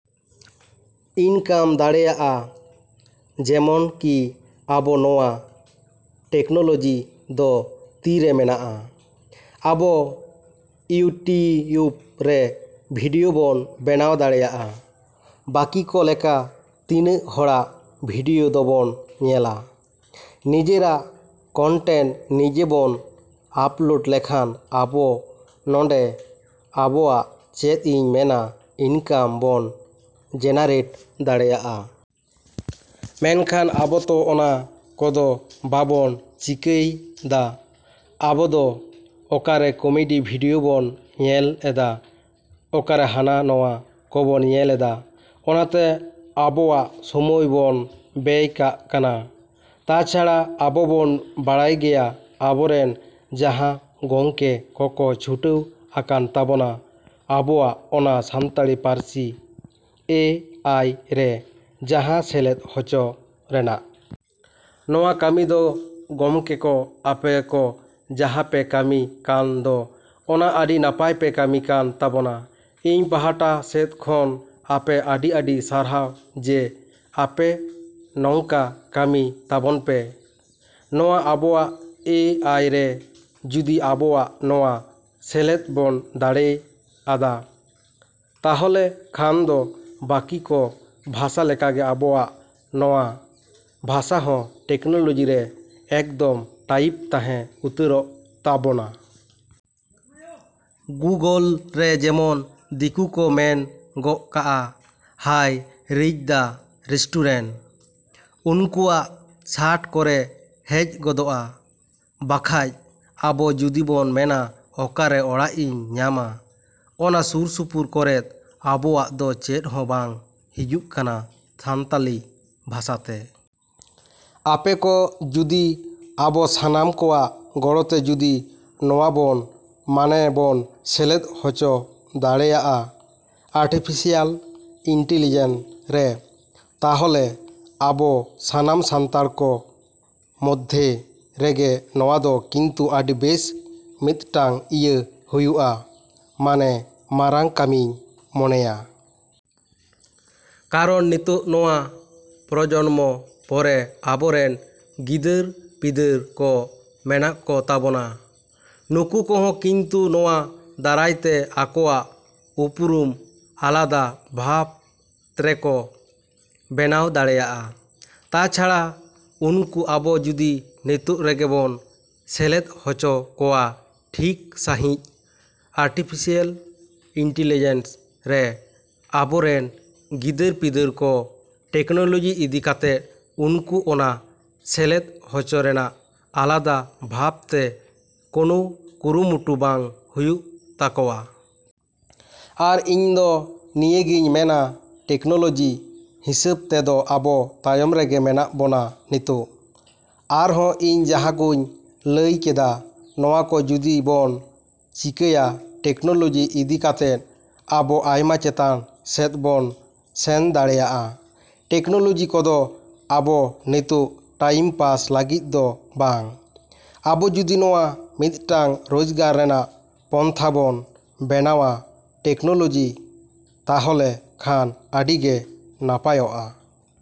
‎ᱤᱱᱠᱟᱢ ᱫᱟᱲᱮᱭᱟᱜᱼᱟ᱾ ᱡᱮᱢᱚᱱᱠᱤ ᱟᱵᱚ ᱱᱚᱣᱟ ᱴᱮᱠᱱᱳᱞᱚᱡᱤ ᱫᱚ ᱛᱤᱨᱮ ᱢᱮᱱᱟᱜᱼᱟ, ᱟᱵᱚ ᱤᱭᱩᱴᱤᱭᱩᱵᱽ ᱨᱮ ᱵᱷᱤᱰᱭᱳ ᱵᱚᱱ ᱵᱮᱱᱟᱣ ᱫᱟᱲᱮᱭᱟᱜᱼᱟ᱾ ᱵᱟᱹᱠᱤ ᱠᱚ ᱞᱮᱠᱟ ᱛᱤᱱᱟᱹᱜ ᱦᱚᱲᱟᱜ ᱵᱷᱤᱰᱭᱳ ᱫᱚᱵᱚᱱ ᱧᱮᱞᱟ, ᱱᱤᱡᱮᱨᱟᱜ ᱠᱚᱱᱴᱮᱱᱴ ᱱᱤᱡᱮ ᱵᱚᱱ ᱟᱯᱞᱳᱰ ᱞᱮᱠᱷᱟᱱ ᱟᱵᱚ ᱱᱚᱸᱰᱮ ᱟᱵᱚᱣᱟᱜ ᱪᱮᱫ ᱤᱧ ᱢᱮᱱᱟ ᱤᱱᱠᱟᱢ ᱵᱚᱱ ᱡᱮᱱᱟᱨᱮᱴ ᱫᱟᱲᱮᱭᱟᱜᱼᱟ᱾ ᱢᱮᱱᱠᱷᱟᱱ ᱟᱵᱚ ᱛᱚ ᱚᱱᱟ ᱠᱚᱫᱚ ᱵᱟᱵᱚᱱ ᱪᱤᱠᱟᱹᱭᱫᱟ᱾ ᱟᱵᱚᱫᱚ ᱚᱠᱟᱨᱮ ᱠᱚᱢᱮᱰᱤ ᱵᱷᱤᱰᱭᱳ ᱵᱚᱱ ᱧᱮᱞ ᱮᱫᱟ, ᱚᱠᱟᱨᱮ ᱦᱟᱱᱟ ᱱᱚᱣᱟ ᱠᱚᱵᱚᱱ ᱧᱮᱞ ᱮᱫᱟ, ᱚᱱᱟᱛᱮ ᱟᱵᱚᱣᱟᱜ ᱥᱚᱢᱚᱭ ᱵᱚᱱ ᱵᱮᱭ ᱠᱟᱜ ᱠᱟᱱᱟ᱾ ᱛᱟᱪᱷᱟᱲᱟ ᱟᱵᱚᱵᱚᱱ ᱵᱟᱲᱟᱭ ᱜᱮᱭᱟ ᱟᱵᱚ ᱨᱮᱱ ᱡᱟᱦᱟᱸ ᱜᱚᱢᱠᱮ ᱠᱚᱠᱚ ᱪᱷᱩᱴᱟᱹᱣ ᱟᱠᱟᱱ ᱛᱟᱵᱚᱱᱟ ᱟᱵᱚᱣᱟᱜ ᱚᱱᱟ ᱥᱟᱱᱛᱟᱲᱤ ᱯᱟᱹᱨᱥᱤ ᱮ ᱟᱭ ᱨᱮ ᱡᱟᱦᱟᱸ ᱥᱮᱞᱮᱫ ᱦᱚᱪᱚ ᱨᱮᱱᱟᱜ᱾ ᱱᱚᱣᱟ ᱠᱟᱹᱢᱤ ᱫᱚ ᱜᱚᱢᱠᱮ ᱠᱚ ᱟᱯᱮ ᱠᱚ ᱡᱟᱦᱟᱸ ᱯᱮ ᱠᱟᱹᱢᱤ ᱠᱟᱱ ᱫᱚ ᱚᱱᱟ ᱟᱹᱰᱤ ᱱᱟᱯᱟᱭ ᱯᱮ ᱠᱟᱹᱢᱤ ᱠᱟᱱ ᱛᱟᱵᱚᱱᱟ᱾ ᱤᱧ ᱯᱟᱦᱟᱴᱟ ᱥᱮᱫ ᱠᱷᱚᱱ ᱟᱯᱮ ᱟᱹᱰᱤᱼᱟᱹᱰᱤ ᱥᱟᱨᱦᱟᱣ ᱡᱮ ᱟᱯᱮ ᱱᱚᱝᱠᱟ ᱠᱟᱹᱢᱤ ᱛᱟᱵᱚᱱ ᱯᱮ᱾ ᱱᱚᱣᱟ ᱟᱵᱚᱣᱟᱜ ᱮ ᱟᱭ ᱨᱮ ᱡᱩᱫᱤ ᱟᱵᱚᱣᱟᱜ ᱱᱚᱣᱟ ᱥᱮᱞᱮᱫ ᱵᱚᱱ ᱫᱟᱲᱮᱭᱟᱫᱟ, ᱛᱟᱦᱚᱞᱮ ᱠᱷᱟᱱ ᱫᱚ ᱵᱟᱹᱠᱤ ᱠᱚ ᱵᱷᱟᱥᱟ ᱞᱮᱠᱟᱜᱮ ᱟᱵᱚᱣᱟᱜ ᱱᱚᱣᱟ ᱵᱷᱟᱥᱟ ᱦᱚᱸ ᱴᱮᱠᱱᱳᱞᱚᱡᱤ ᱨᱮ ᱮᱠᱫᱚᱢ ᱴᱟᱭᱤᱯᱷ ᱛᱟᱦᱮᱸ ᱩᱛᱟᱹᱨᱚᱜ ᱛᱟᱵᱳᱱᱟ᱾ ᱜᱩᱜᱳᱞ ᱨᱮ ᱡᱮᱢᱚᱱ ᱫᱤᱠᱩ ᱠᱚ ᱢᱮᱱ ᱜᱚᱜ ᱠᱟᱜᱼᱟ 'ᱦᱟᱭ ᱨᱤᱪ ᱫᱟ ᱨᱮᱥᱴᱩᱨᱮᱱᱴ', ᱩᱱᱠᱩᱣᱟᱜ ᱥᱟᱴ ᱠᱚᱨᱮ ᱦᱮᱡ ᱜᱚᱫᱚᱜᱼᱟ᱾ ᱵᱟᱠᱷᱟᱡ ᱟᱵᱚ ᱡᱩᱫᱤ ᱵᱚᱱ ᱢᱮᱱᱟ 'ᱚᱠᱟᱨᱮ ᱚᱲᱟᱜ ᱤᱧ ᱧᱟᱢᱟ' ᱚᱱᱟ ᱥᱩᱨ ᱥᱩᱯᱩᱨ ᱠᱚᱨᱮᱫ ᱟᱵᱚᱣᱟᱜ ᱫᱚ ᱪᱮᱫ ᱦᱚᱸ ᱵᱟᱝ ᱦᱤᱡᱩᱜ ᱠᱟᱱᱟ ᱥᱟᱱᱛᱟᱞᱤ ᱵᱷᱟᱥᱟᱛᱮ᱾ ᱟᱯᱮ ᱠᱚ ᱡᱩᱫᱤ ᱟᱵᱚ ᱥᱟᱱᱟᱢ ᱠᱚᱣᱟᱜ ᱜᱚᱲᱚᱛᱮ ᱡᱩᱫᱤ ᱱᱚᱣᱟᱵᱚᱱ ᱢᱟᱱᱮ ᱵᱚᱱ ᱥᱮᱞᱮᱫ ᱦᱚᱪᱚ ᱫᱟᱲᱮᱭᱟᱜᱼᱟ ᱟᱨᱴᱤᱯᱷᱮᱥᱤᱭᱟᱞ ᱤᱱᱴᱤᱞᱤᱡᱮᱱ ᱨᱮ, ᱛᱟᱦᱚᱞᱮ ᱟᱵᱚ ᱥᱟᱱᱟᱢ ᱥᱟᱱᱛᱟᱲ ᱠᱚ ᱢᱚᱫᱽᱫᱷᱮ ᱨᱮᱜᱮ ᱱᱚᱣᱟᱫᱚ ᱠᱤᱱᱛᱩ ᱟᱹᱰᱤ ᱵᱮᱥ ᱢᱤᱫᱴᱟᱱ ᱤᱭᱟᱹ ᱦᱩᱭᱩᱜᱼᱟ, ᱢᱟᱱᱮ ᱢᱟᱨᱟᱝ ᱠᱟᱹᱢᱤᱧ ᱢᱚᱱᱮᱭᱟ᱾ ᱠᱟᱨᱚᱱ ᱱᱤᱛᱚᱜ ᱱᱚᱣᱟ ᱯᱨᱚᱡᱚᱱᱢᱚ ᱯᱚᱨᱮ ᱟᱵᱚᱨᱮᱱ ᱜᱤᱫᱟᱹᱨᱼᱯᱤᱫᱟᱹᱨ ᱠᱚ ᱢᱮᱱᱟᱜ ᱠᱚ ᱛᱟᱵᱚᱱᱟ, ᱱᱩᱠᱩ ᱠᱚᱦᱚᱸ ᱠᱤᱱᱛᱩ ᱱᱚᱣᱟ ᱫᱟᱨᱟᱭᱛᱮ ᱟᱠᱚᱣᱟᱜ ᱩᱯᱨᱩᱢ ᱟᱞᱟᱫᱟ ᱵᱷᱟᱵᱽ ᱛᱨᱮᱠᱚ ᱵᱮᱱᱟᱣ ᱫᱟᱲᱮᱭᱟᱜᱼᱟ᱾ ᱛᱟᱪᱷᱟᱲᱟ ᱩᱱᱠᱩ ᱟᱵᱚ ᱡᱩᱫᱤ ᱱᱤᱛᱚᱜ ᱨᱮᱜᱮ ᱵᱚᱱ ᱥᱮᱞᱮᱫ ᱦᱚᱪᱚ ᱠᱚᱣᱟ ᱴᱷᱤᱠ ᱥᱟᱺᱦᱤᱡ ᱟᱨᱴᱷᱤᱯᱷᱤᱥᱤᱭᱮᱞ ᱤᱱᱴᱤᱞᱤᱡᱮᱱᱥ ᱨᱮ, ᱟᱵᱚ ᱨᱮᱱ ᱜᱤᱫᱟᱹᱨᱼᱯᱤᱫᱟᱹᱨ ᱠᱚ ᱴᱮᱠᱱᱚᱞᱚᱡᱤ ᱤᱫᱤ ᱠᱟᱛᱮᱜ ᱩᱱᱠᱩ ᱚᱱᱟ ᱥᱮᱞᱮᱫ ᱦᱚᱪᱚ ᱨᱮᱱᱟᱜ ᱟᱞᱟᱫᱟ ᱵᱷᱟᱵᱽ ᱛᱮ ᱠᱳᱱᱳ ᱠᱩᱨᱩᱢᱩᱴᱩ ᱵᱟᱝ ᱦᱩᱭᱩᱜ ᱛᱟᱠᱚᱣᱟ᱾ ᱟᱨ ᱤᱧᱫᱚ ᱱᱤᱭᱟᱹᱜᱤᱧ ᱢᱮᱱᱟ ᱴᱮᱠᱱᱚᱞᱚᱡᱤ ᱦᱤᱥᱟᱹᱵ ᱛᱮᱫᱚ ᱟᱵᱚ ᱛᱟᱭᱚᱢ ᱨᱮᱜᱮ ᱢᱮᱱᱟᱜ ᱵᱚᱱᱟ ᱱᱤᱛᱚᱜ᱾ ᱟᱨᱦᱚᱸ ᱤᱧ ᱡᱟᱦᱟᱸᱠᱚᱧ ᱞᱟᱹᱭ ᱠᱮᱫᱟ, ᱱᱚᱣᱟᱠᱚ ᱡᱩᱫᱤ ᱵᱚᱱ ᱪᱤᱠᱟᱹᱭᱟ ᱴᱮᱠᱱᱳᱞᱚᱡᱤ ᱤᱫᱤ ᱠᱟᱛᱮᱫ ᱟᱵᱚ ᱟᱭᱢᱟ ᱪᱮᱛᱟᱱ ᱥᱮᱫ ᱵᱚᱱ ᱥᱮᱱ ᱫᱟᱲᱮᱭᱟᱜᱼᱟ᱾ ᱴᱮᱠᱱᱳᱞᱚᱡᱤ ᱠᱚᱫᱚ ᱟᱵᱚ ᱱᱤᱛᱚᱜ ᱴᱟᱭᱤᱢ ᱯᱟᱥ ᱞᱟᱹᱜᱤᱫ ᱫᱚ ᱵᱟᱝ, ᱟᱵᱚ ᱡᱩᱫᱤ ᱱᱚᱣᱟ ᱢᱤᱫᱴᱟᱱ ᱨᱳᱡᱽᱜᱟᱨ ᱨᱮᱱᱟᱜ ᱯᱚᱱᱛᱷᱟ ᱵᱚᱱ ᱵᱮᱱᱟᱣᱟ ᱴᱮᱠᱱᱳᱞᱚᱡᱤ, ᱛᱟᱦᱚᱞᱮ ᱠᱷᱟᱱ ᱟᱹᱰᱤᱜᱮ ᱱᱟᱯᱟᱭᱚᱜᱼᱟ।